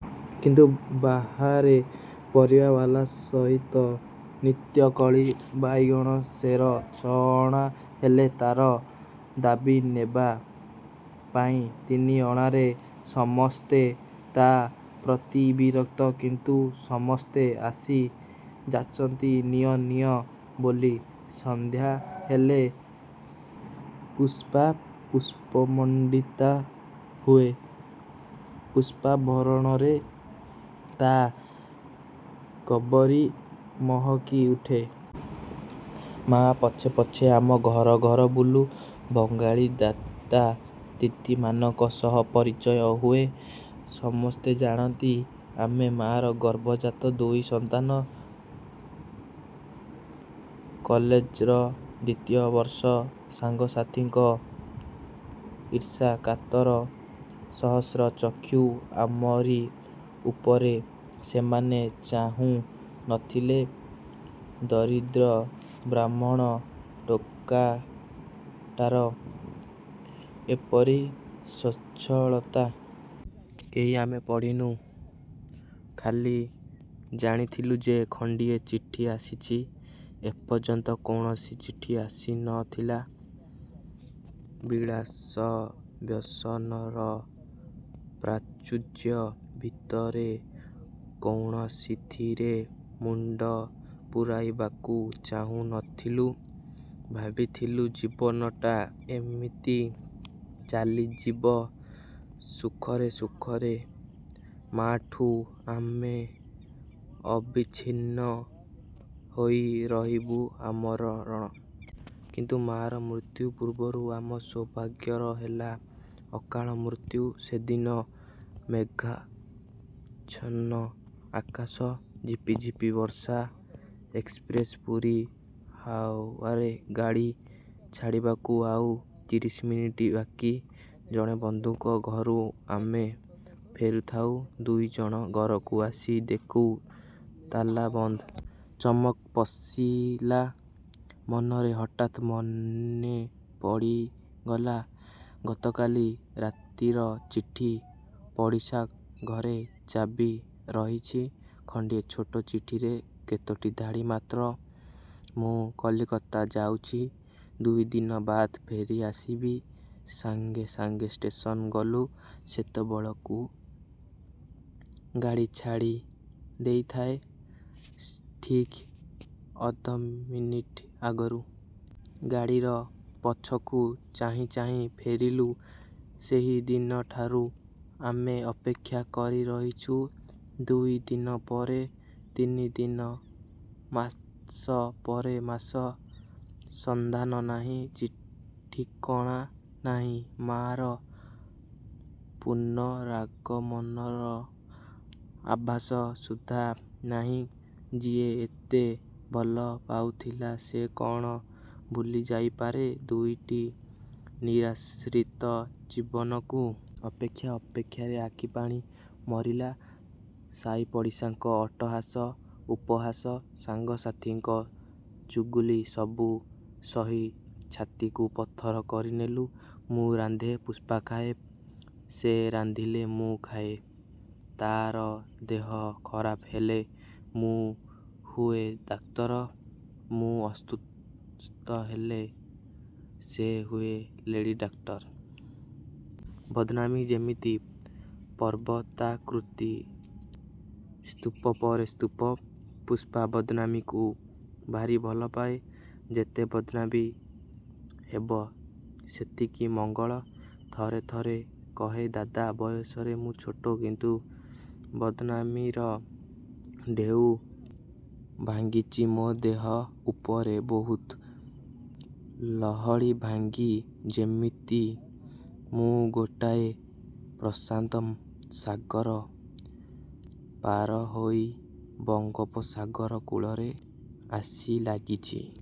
କିନ୍ତୁ ବାହାରେ ପରିବାୱାଲା ସହିତ ନିତ୍ୟକଳି। ବାଇଗଣ ସେର ଛଅ ଅଣା ହେଲେ ତାର ଦାବୀ ନେବା ପାଇଁ ତିନି ଅଣାରେ। ସମସ୍ତେ ତା ପ୍ରତି ବିରକ୍ତ, କିନ୍ତୁ ସମସ୍ତେ ଆସି ଯାଚନ୍ତି ନିଅ ନିଅ ବୋଲି। ସନ୍ଧ୍ୟା ହେଲେ ପୁଷ୍ପା ପୁଷ୍ପମଣ୍ଡିତା ହୁଏ। ପୁଷ୍ପାଭରଣରେ ତା କବରୀ ମହକି ଉଠେ। ମା ପଛେ ପଛେ ଆମ ଘର ଘର ବୁଲୁ। ବଙ୍ଗାଳୀଦାଦା ଦିଦିମାନଙ୍କ ସହ ପରିଚୟ ହୁଏ। ସମସ୍ତେ ଜାଣନ୍ତି, ଆମେ ମା'ର ଗର୍ଭଜାତ ଦୁଇ ସନ୍ତାନ। କଲେଜର ଦ୍ୱିତୀୟ ବର୍ଷ। ସାଙ୍ଗସାଥିଙ୍କ ଈର୍ଷାକାତର ସହସ୍ର ଚକ୍ଷୁ ଆମରି ଉପରେ। ସେମାନେ ଚାହୁଁ ନ ଥିଲେ ଦରିଦ୍ର ବ୍ରାହ୍ମଣ ଟୋକାଟାର ଏପରି ସ୍ୱଚ୍ଛଳତା। କେହି ଆମେ ପଢ଼ିନୁ। ଖାଲି ଜାଣିଥିଲୁ ଯେ ଖଣ୍ଡିଏ ଚିଠି ଆସିଛି। ଏପର୍ଯ୍ୟନ୍ତ କୌଣସି ଚିଠି ଆସି ନ ଥିଲା। ବିଳାସବ୍ୟସନର ପ୍ରାଚୁର୍ଯ୍ୟ ଭିତରେ କୌଣସିଥିରେ ମୁଣ୍ଡ ପୂରାଇବାକୁ ଚାହୁଁ ନ ଥିଲୁ। ଭାବିଥିଲୁ ଜୀବନଟା ଏମିତି ଚାଲିଯିବ ସୁଖରେ ସୁଖରେ। ମା'ଠୁ ଆମେ ଅବିଚ୍ଛିନ୍ନ ହୋଇ ରହିବୁ ଆମରର। କିନ୍ତୁ ମା'ର ମୃତ୍ୟୁ ପୂର୍ବରୁ ଆମ ସୌଭାଗ୍ୟର ହେଲା ଅକାଳ ମୃତ୍ୟୁ। ସେଦିନ ମେଘାଚ୍ଛନ୍ନ ଆକାଶ। ଝିପି ଝିପି ବର୍ଷା। ଏକ୍ସପ୍ରେସ ପୁରୀ ହାଉରା ଗାଡ଼ି ଛାଡ଼ିବାକୁ ଆଉ ତିରିଶ ମିନିଟ ବାକୀ। ଜଣେ ବନ୍ଧୁଙ୍କ ଘରୁ ଆମେ ଫେରୁଥାଉ ଦୁଇଜଣ। ଘରକୁ ଆସି ଦେଖୁ, ତାଲା ବନ୍ଦ। ଚମକ ପଶିଲା ମନରେ। ହଠାତ୍ ମନେ ପଡ଼ିଗଲା ଗତକାଲି ରାତିର ଚିଠି। ପଡ଼ିଶା ଘରେ ଚାବି ରହିଛି” ଖଣ୍ଡିଏ ଛୋଟ ଚିଠିରେ କେତୋଟି ଧାଡ଼ି ମାତ୍ର। ମୁଁ କଲିକତା ଯାଉଚି, ଦୁଇଦିନ ବାଦ୍ ଫେରିଆସିବି। ସାଙ୍ଗେ ସାଙ୍ଗେ ଷ୍ଟେସନ ଗଲୁ। ସେତେବେଳକୁ ଗାଡ଼ି ଛାଡ଼ି ଦେଇଥାଏ ଠିକ୍ ଅଧ ମିନିଟ ଆଗରୁ। ଗାଡ଼ିର ପଛକୁ ଚାହିଁ ଚାହିଁ ଫେରିଲୁ। ସେହିଦିନଠାରୁ ଆମେ ଅପେକ୍ଷା କରି ରହିଚୁ। ଦୁଇ ଦିନପରେ ତିନି ଦିନ, ମାସ ପରେ ମାସ। ସନ୍ଧାନ ନାହିଁ, ଠିକଣା ନାହିଁ। ମା'ର ପୁନରାଗମନର ଆଭାସ ସୁଦ୍ଧା ନାହିଁ। ଯିଏ ଏତେ ଭଲ ପାଉଥିଲା, ସେ କ'ଣ ଭୁଲିଯାଇପାରେ ଦୁଇଟି ନିରାଶ୍ରିତ ଜୀବନକୁ? ଅପେକ୍ଷା ଅପେକ୍ଷାରେ ଆଖିପାଣି ମରିଲା। ସାହିପଡ଼ିଶାଙ୍କ ଅଟ୍ଟହାସ, ଉପହାସ, ସାଙ୍ଗସାଥିଙ୍କ ଚୁଗୁଲି ସବୁ ସହି ଛାତିକୁ ପଥର କରିନେଲୁ। ମୁଁ ରାନ୍ଧେ, ପୁଷ୍ପା ଖାଏ; ସେ ରାନ୍ଧିଲେ ମୁଁ ଖାଏ। ତାର ଦେହ ଖରାପ ହେଲେ ମୁଁ ହୁଏ ଡାକ୍ତର। ମୁଁ ଅସୁସ୍ଥ ହେଲେ ସେ ହୁଏ ଲେଡି ଡାକ୍ତର। ବଦନାମି ଯେମିତି ପର୍ବତାକୃତି। ସ୍ତୂପ ପରେ ସ୍ତୂପ। ପୁଷ୍ପା ବଦନାମିକୁ ଭାରି ଭଲ ପାଏ। ଯେତେ ବଦନାମି ହେବ, ସେତିକି ମଙ୍ଗଳ। ଥରେ ଥରେ କହେ ଦାଦା, ବୟସରେ ମୁଁ ଛୋଟ; କିନ୍ତୁ ବଦନାମିର ଢେଉ ଭାଙ୍ଗିଚି ମୋ ଦେହ ଉପରେ ବହୁତ। ଲହଡ଼ି ଭାଙ୍ଗି ଯେମିତି ମୁଁ ଗୋଟାଏ ପ୍ରଶାନ୍ତସାଗର ପାରହୋଇ ବଙ୍ଗୋପସାଗର କୂଳରେ ଆସି ଲାଗିଚି।